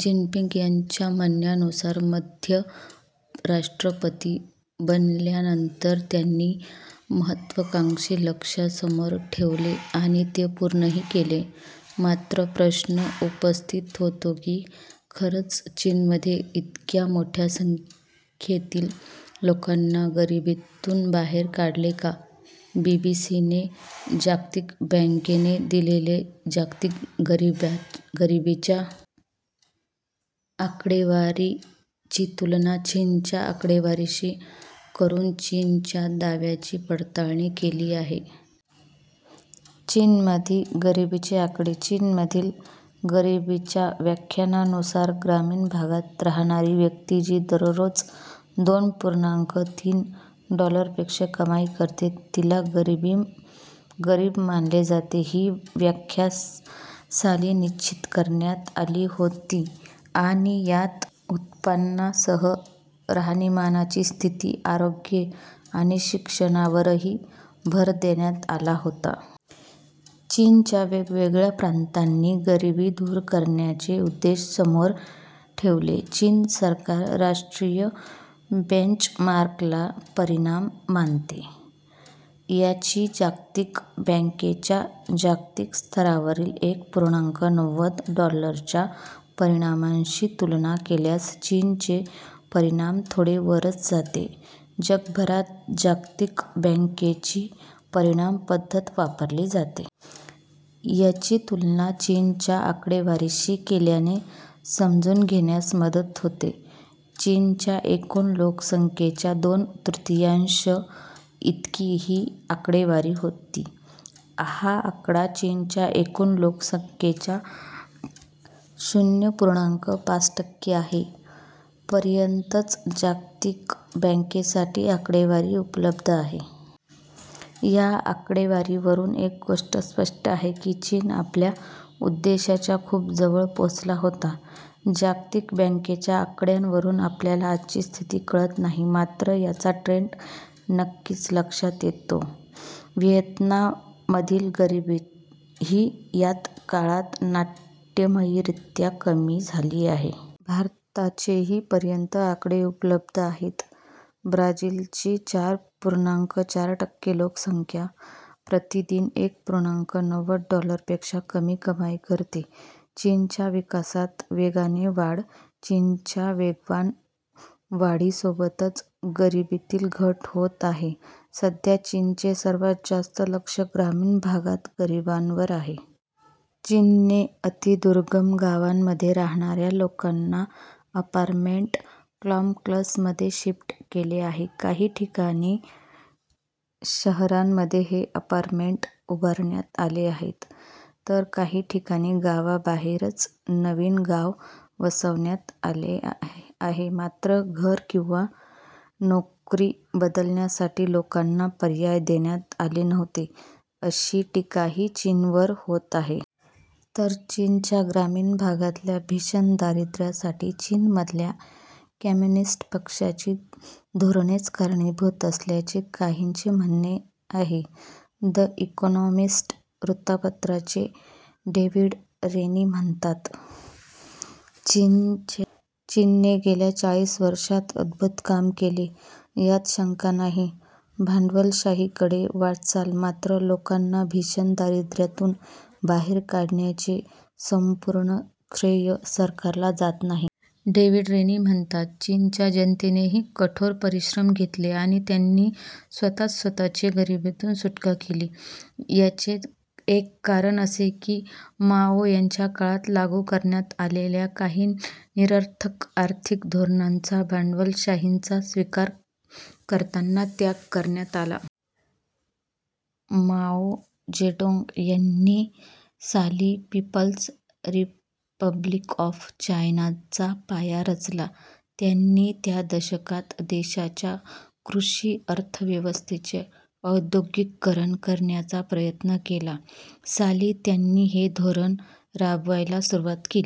Jinping यांच्या म्हणण्यानुसार, मध्ये राष्ट्रपती बनल्यानंतर त्यांनी महत्त्वाकांक्षी लक्ष्य समोर ठेवले आणि ते पूर्णही केले. मात्र, प्रश्न उपस्थित होतो की, खरंच चीनने इतक्या मोठ्या संख्येतील लोकांना गरिबीतून बाहेर काढले का? बीबीसीने जागतिक बँकेने दिलेल्या जागतिक गरिबीच्या आकडेवारीची तुलना चीनच्या आकडेवारीशी करून, चीनच्या दाव्याची पडताळणी केली आहे. चीनमधील गरिबीचे आकडे - चीनमधील गरिबीच्या व्याख्येनुसार, ग्रामीण भागात राहणारी व्यक्ती जी दररोज दोन पूर्णांक तीस डॉलरपेक्षा कमी कमाई करते, तिला गरीब मानले जाते. ही व्याख्या साली निश्चित करण्यात आली होती आणि यात उत्पन्नासह राहणीमानाची स्थिती, आरोग्य आणि शिक्षणावरही भर देण्यात आला होता. चीनच्या वेगवेगळ्या प्रांतांनी गरिबी दूर करण्याचे उद्देश समोर ठेवले. चीन सरकार राष्ट्रीय बेंचमार्कला परिमाण मानते. याची जागतिक बँकेच्या जागतिक स्तरावरील एक पूर्णांक नव्वद डॉलरच्या परिमाणाशी तुलना केल्यास चीनचे परिमाण थोडे वरच जाते. जगभरात जागतिक बँकेची परिमाण पद्धत वापरली जाते. याची तुलना चीनच्या आकडेवारीशी केल्याने समजून घेण्यास मदत होते. चीनच्या एकूण लोकसंख्येच्या दोन तृतीयांश इतकी ही आकडेवारी होती. हा आकडा चीनच्या एकूण लोकसंख्येच्या शून्य पूर्णांक पाच टक्के आहे. पर्यंतच जागतिक बँकेसाठी आकडेवारी उपलब्ध आहे. या आकडेवारीवरून एक गोष्ट स्पष्ट आहे की, चीन आपल्या उद्देशाच्या खूप जवळ पोहोचला होता. जागतिक बँकेच्या आकड्यांवरून आपल्याला आजची स्थिती कळत नाही. मात्र, याचा ट्रेंड नक्कीच लक्षात येतो. व्हिएतनाममधली गरिबीही याच काळात नाट्यमयरित्या कमी झाली आहे. भारताचेही पर्यंतच आकडे उपलब्ध आहेत. ब्राझिलची चार पूर्णांक चार टक्के लोकसंख्या प्रतिदिन एक पूर्णांक नव्वद डॉलरपेक्षा कमी कमाई करते. चीनच्या विकासात वेगाने वाढ - चीनच्या वेगवान वाढीसोबतच गरिबीतही घट होते आहे. सध्या चीनचे सर्वात जास्त लक्ष ग्रामीण भागातील गरिबांवर आहे. चीनने अतिदुर्गम गावांमध्ये राहणाऱ्या लोकांना अपार्टमेंट कॉम्प्लेक्समध्ये शिफ्ट केले आहे. काही ठिकाणी शहरांमध्ये हे अपार्टमेंट्स उभारण्यात आले आहेत. तर काही ठिकाणी गावाबाहेरच नवीन गाव वसवण्यात आले. मात्र, घर किंवा नोकरी बदलण्यासाठी लोकांना पर्याय देण्यात आले नव्हते, अशी टीकाही चीनवर होते आहे. तर चीनच्या ग्रामीण भागातल्या भीषण दारिद्र्यासाठी चीनमधल्या कम्युनिस्ट पक्षाची धोरणेच कारणीभूत असल्याचे काहींचे म्हणणे आहे. 'द इकॉनॉमिस्ट' वृत्तपत्राचे डेव्हिड रेनी म्हणतात, "चीनने गेल्या चाळीस वर्षांत अद्भुत काम केले, यात शंका नाही." भांडवलशाहीकडे वाटचाल - मात्र, लोकांना भीषण दारिद्र्यातून बाहेर काढण्याचे संपूर्ण श्रेय सरकारला जात नाही. डेव्हिड रेनी म्हणतात, "चीनच्या जनतेनेही कठोर परिश्रम घेतले आणि त्यांनी स्वतःच स्वतःची गरिबीतून सुटका केली. याचे एक कारण असे की माओ यांच्या काळात लागू करण्यात आलेल्या काही निरर्थक आर्थिक धोरणांचा भांडवलशाहीचा स्वीकार करताना त्याग करण्यात आला." माओ जेडोंग यांनी साली पिपल्स रिपब्लिक ऑफ चायनाचा पाया रचला. त्यांनी च्या दशकात देशाच्या कृषी अर्थव्यवस्थेचे औद्योगिकीकरण करण्याचा प्रयत्न केला. साली त्यांनी '' हे धोरण राबवायला सुरुवात केली.